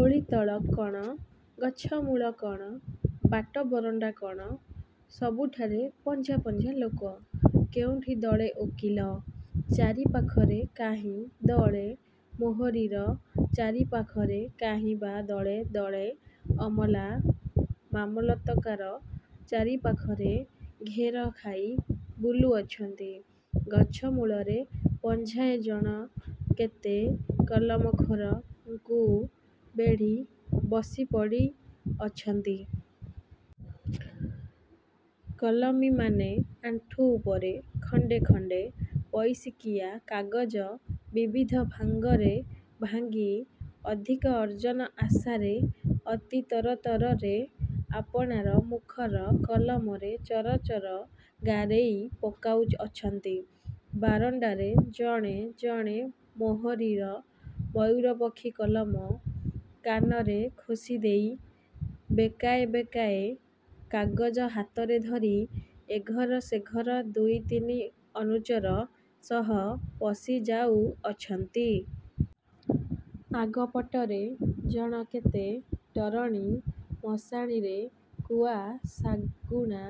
ଓଳିତଳ କଣ, ଗଛମୂଳ କଣ, ବାଟ ବରଣ୍ଡା କଣ, ସବୁଠାରେ ପଞ୍ଝା ପଞ୍ଝା ଲୋକ। କେଉଁଠି ଦଳେ ଓକିଲ ଚାରିପାଖରେ କାହିଁ ଦଳେ ମୋହରିର ଚାରିପାଖରେ କାହିଁ ବା ଦଳେ ଦଳେ ଅମଲା, ମାମଲତକାର ଚାରିପାଖରେ ଘେରଖାଇ ବୁଲୁଅଛନ୍ତି। ଗଛମୂଳରେ ପଞ୍ଝାଏ ଜଣକେତେ କଲମଖୋରଙ୍କୁ ବେଢ଼ି ବସିପଡ଼ିଅଛନ୍ତି। କଲମୀମାନେ ଆଣ୍ଠୁ ଉପରେ ଖଣ୍ଡେ ଖଣ୍ଡେ ପଇସିକିଆ କାଗଜ ବିବିଧ ଭାଙ୍ଗରେ ଭାଙ୍ଗି ଅଧିକ ଅର୍ଜନ ଆଶାରେ ଅତି ତରତରରେ ଆପଣାର ମୁଖର କଲମରେ ଚର ଚର ଗାରେଇ ପକାଉଅଛନ୍ତି। ବାରଣ୍ଡାରେ ଜଣେ ଜଣେ ମୋହରିର ମୟୂରପକ୍ଷିକଲମ କାନରେ ଖୋଷିଦେଇ ବେକାଏ ବେକାଏ କାଗଜ ହାତରେ ଧରି ଏ ଘର ସେ ଘର ଦୁଇ ତିନି ଅନୁଚର ସହ ପଶି ଯାଉଅଛନ୍ତି। ଆଗପଟରେ ଜଣକେତେ ଟରଣୀ ମଶାଣିରେ କୁଆ ଶାଗୁଣା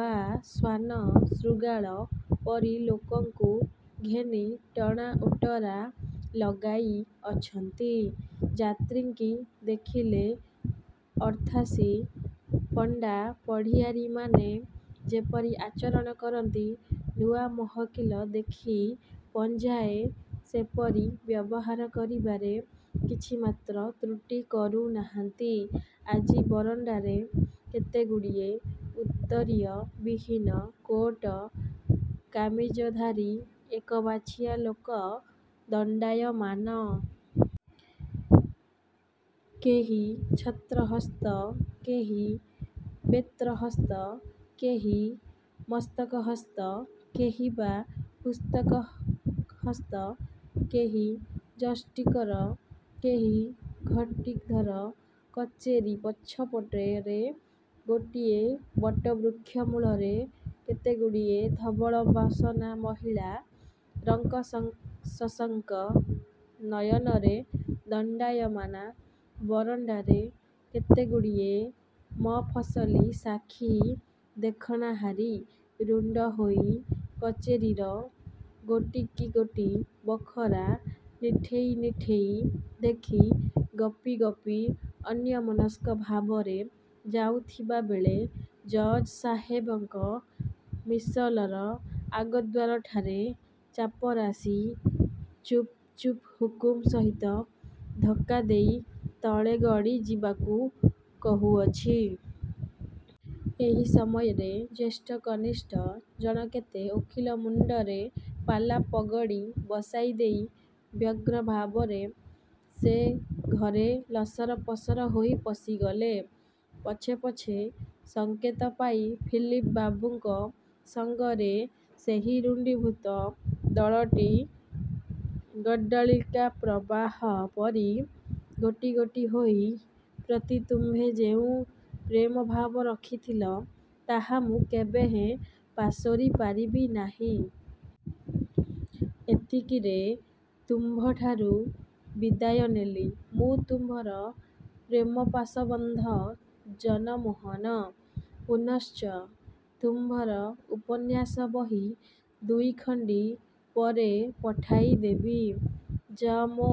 ବା ଶ୍ୱାନ ଶୃଗାଳ ପରି ଲୋକଙ୍କୁ ଘେନି ଟଣାଓଟରା ଲଗାଇଅଛନ୍ତି। ଯାତ୍ରିଙ୍କି ଦେଖିଲେ ଅର୍ଥାଶୀ ପଣ୍ଡାପଢ଼ିଆରୀମାନେ ଯେପରି ଆଚରଣ କରନ୍ତି, ନୂଆ ମହକିଲ ଦେଖି ପଞ୍ଝାଏ ସେପରି ବ୍ୟବହାର କରିବାରେ କିଛିମାତ୍ର ତ୍ରୁଟି କରୁ ନାହାନ୍ତି। ଆଜି ବରଣ୍ଡାରେ କେତେଗୁଡ଼ିଏ ଉତ୍ତରୀୟବିହୀନ କୋଟ କାମିଜଧାରୀ ଏକବାଛିଆ ଲୋକ ଦଣ୍ଡାୟମାନ। କେହି ଛତ୍ରହସ୍ତ, କେହି ବେତ୍ରହସ୍ତ, କେହି ମସ୍ତକହସ୍ତ, କେହି ବା ପୁସ୍ତକହସ୍ତ, କେହି ଯଷ୍ଟିକର, କେହି ଘଟୀ-ଧର। କଚେରି ପଛପଟରେ ଗୋଟିଏ ବଟବୃକ୍ଷ ମୂଳରେ କେତେଗୁଡ଼ିଏ ଧବଳବସନା ମହିଳା ରଙ୍କ-ସଶଙ୍କ ନୟନରେ ଦଣ୍ଡାୟମାନା। ବରଣ୍ଡାରେ କେତେଗୁଡ଼ିଏ ମଫସଲୀ ସାକ୍ଷୀ ଦେଖଣାହାରୀ ରୁଣ୍ଡ ହୋଇ କଚେରିର ଗୋଟିକିଗୋଟି ବଖରା ନିଠେଇ ନିଠେଇ ଦେଖି ଗପି ଗପି ଅନ୍ୟମନସ୍କ ଭାବରେ ଯାଉଥିବା ବେଳେ ଜଜ୍ ସାହେବଙ୍କ ମିସଲର ଆଗଦ୍ୱାରଠାରେ ଚାପରାଶି 'ଚୁପ୍ଚୁପ୍' ହୁକୁମ ସହିତ ଧକ୍କା ଦେଇ ତଳେ ଗଡ଼ି ଯିବାକୁ କହୁଅଛି। ଏହି ସମୟରେ ଜ୍ୟେଷ୍ଠ କନିଷ୍ଠ ଜଣକେତେ ଓକିଲ ମୁଣ୍ଡରେ ପାଲା-ପଗଡ଼ି ବସାଇ ଦେଇ ବ୍ୟଗ୍ର ଭାବରେ ସେ ଘରେ ଲସରପସର ହୋଇ ପଶିଗଲେ। ପଛେ ପଛେ ସଙ୍କେତ ପାଇ ଫିଲିପ ବାବୁଙ୍କ ସଙ୍ଗରେ ସେହି ରୁଣ୍ଡୀଭୂତ ଦଳଟି ଗଡ୍ଡଳିକାପ୍ରବାହ ପରି ଗୋଟି ଗୋଟି ହୋଇ। ପ୍ରତି ତୁମ୍ଭେ ଯେଉଁ ପ୍ରେମ ଭାବ ରଖିଥିଲ, ତାହା ମୁଁ କେବେହେଁ ପାସୋରି ପାରିବି ନାହିଁ। ଏତିକିରେ ତୁମ୍ଭଠାରୁ ବିଦାୟ ନେଲି। ମୁଁ ତୁମ୍ଭର ପ୍ରେମପାଶବଦ୍ଧ ଜନମୋହନ। ପୁନଶ୍ଚ- ତୁମ୍ଭର ଉପନ୍ୟାସ ବହି ଦୁଇଖଣ୍ଡି ପରେ ପଠାଇଦେବି। ଜ. ମୋ.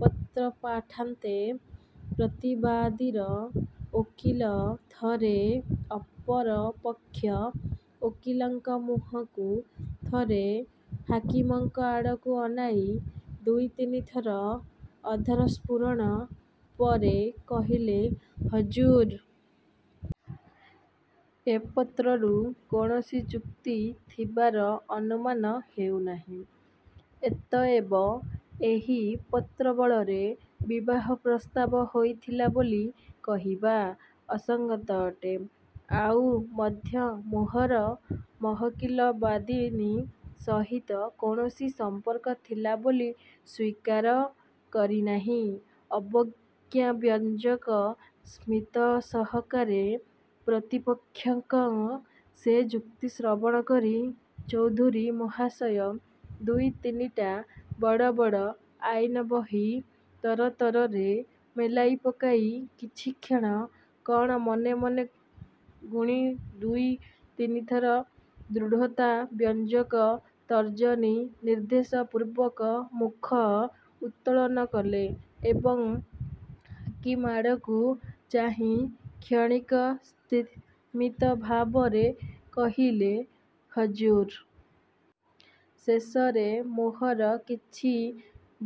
ପତ୍ରପାଠାନ୍ତେ ପ୍ରତିବାଦିର ଓକିଲ ଥରେ ଅପର ପକ୍ଷ ଓକିଲଙ୍କ ମୁହଁକୁ, ଥରେ ହାକିମଙ୍କ ଆଡ଼କୁ ଅନାଇ ଦୁଇ ତିନି ଥର ଅଧର ସ୍ଫୁରଣ ପରେ କହିଲେ, ''ହଜୁର! ଏ ପତ୍ରରୁ କୌଣସି ଚୁକ୍ତି ଥିବାର ଅନୁମାନ ହେଉ ନାହିଁ। ଅତଏବ ଏହି ପତ୍ରବଳରେ ବିବାହ ପ୍ରସ୍ତାବ ହୋଇଥିଲା ବୋଲି କହିବା ଅସଙ୍ଗତ ଅଟେ। ଆଉ ମଧ୍ୟ ମୋହର ମହକିଲ ବାଦିନୀ ସହିତ କୌଣସି ସମ୍ପର୍କ ଥିଲା ବୋଲି ସ୍ୱୀକାର କରି ନାହିଁ। '' ଅବଜ୍ଞାବ୍ୟଞ୍ଜକ ସ୍ମିତସହକାରେ ପ୍ରତିପକ୍ଷଙ୍କ ସେ ଯୁକ୍ତି ଶ୍ରବଣ କରି ଚୌଧୁରୀ ମହାଶୟ ଦୁଇ ତିନିଟା ବଡ଼ ବଡ଼ ଆଇନ ବହି ତରତରରେ ମେଲାଇ ପକାଇ କିଛିକ୍ଷଣ କଣ ମନେ ମନେ ଗୁଣି ଦୁଇ ତିନିଥର ଦୃଢ଼ତାବ୍ୟଞ୍ଜକ ତର୍ଜନୀ ନିର୍ଦ୍ଦେଶପୂର୍ବକ ମୁଖ ଉତ୍ତୋଳନ କଲେ ଏବଂ ହାକିମ ଆଡ଼କୁ ଚାହିଁ କ୍ଷଣିକ ସ୍ତିମିତଭାବରେ କହିଲେ,'' ହଜୁର! ଶେଷରେ ମୋହର କିଛି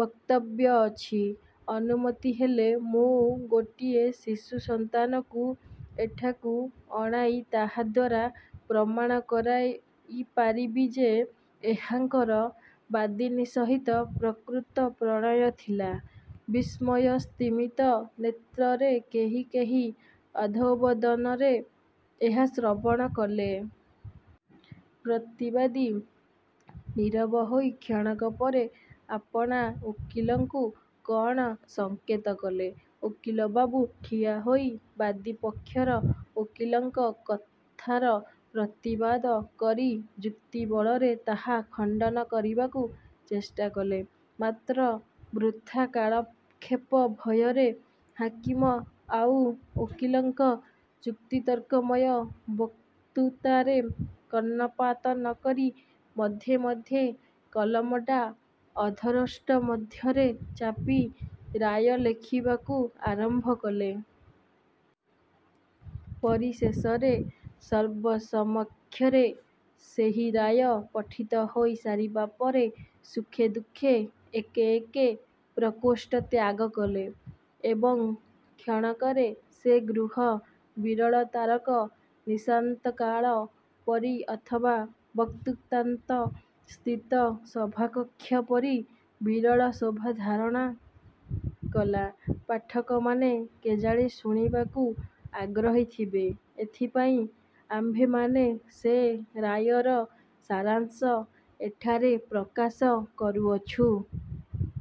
ବକ୍ତବ୍ୟ ଅଛି। ଅନୁମତି ହେଲେ ମୁଁ ଗୋଟିଏ ଶିଶୁ ସନ୍ତାନକୁ ଏଠାକୁ ଅଣାଇ ତାହାଦ୍ୱାରା ପ୍ରମାଣ କରାଇ ପାରିବି ଯେ, ଏହାଙ୍କର ବାଦିନୀ ସହିତ ପ୍ରକୃତ ପ୍ରଣୟ ଥିଲା। '' ବିସ୍ମୟସ୍ତିମିତ ନେତ୍ରରେ କେହି କେହି ଅଧୋବଦନରେ ଏହା ଶ୍ରବଣ କଲେ। ପ୍ରତିବାଦୀ ନୀରବ ହୋଇ କ୍ଷଣକ ପରେ ଆପଣା ଓକିଲଙ୍କୁ କଣ ସଙ୍କେତ କଲେ। ଓକିଲ ବାବୁ ଠିଆ ହୋଇ ବାଦୀ ପକ୍ଷର ଓକିଲଙ୍କ କଥାର ପ୍ରତିବାଦ କରି ଯୁକ୍ତିବଳରେ ତାହା ଖଣ୍ଡନ କରିବାକୁ ଚେଷ୍ଟା କଲେ। ମାତ୍ର ବୃଥା କାଳକ୍ଷେପ ଭୟରେ ହାକିମ ଆଉ ଓକିଲଙ୍କ ଯୁକ୍ତିତର୍କମୟ ବକ୍ତୃତାରେ କର୍ଣ୍ଣପାତ ନ କରି ମଧ୍ୟେ ମଧ୍ୟେ କଲମଟା ଅଧରୋଷ୍ଠ ମଧ୍ୟରେ ଚାପି ରାୟ ଲେଖିବାକୁ ଆରମ୍ଭ କଲେ। ପରିଶେଷରେ ସର୍ବସମକ୍ଷରେ ସେହି ରାୟ ପଠିତ ହୋଇ ସାରିବା ପରେ ସୁଖେ ଦୁଃଖେ ଏକେ ଏକେ ପ୍ରକୋଷ୍ଠ ତ୍ୟାଗ କଲେ ଏବଂ କ୍ଷଣକରେ ସେ ଗୃହ ବିରଳତାରକ ନିଶାନ୍ତକାଳ ପରି ଅଥବା ବକ୍ତୃତାନ୍ତସ୍ଥିତ ସଭାକକ୍ଷ ପରି ବିରଳ ଶୋଭା ଧାରଣ କଲା। ପାଠକମାନେ କେଜାଣି ଶୁଣିବାକୁ ଆଗ୍ରହୀ ଥିବେ, ଏଥିପାଇଁ ଆମ୍ଭେମାନେ ସେ ରାୟର ସାରାଶଂ ଏଠାରେ ପ୍ରକାଶ କରୁଅଛୁଁ।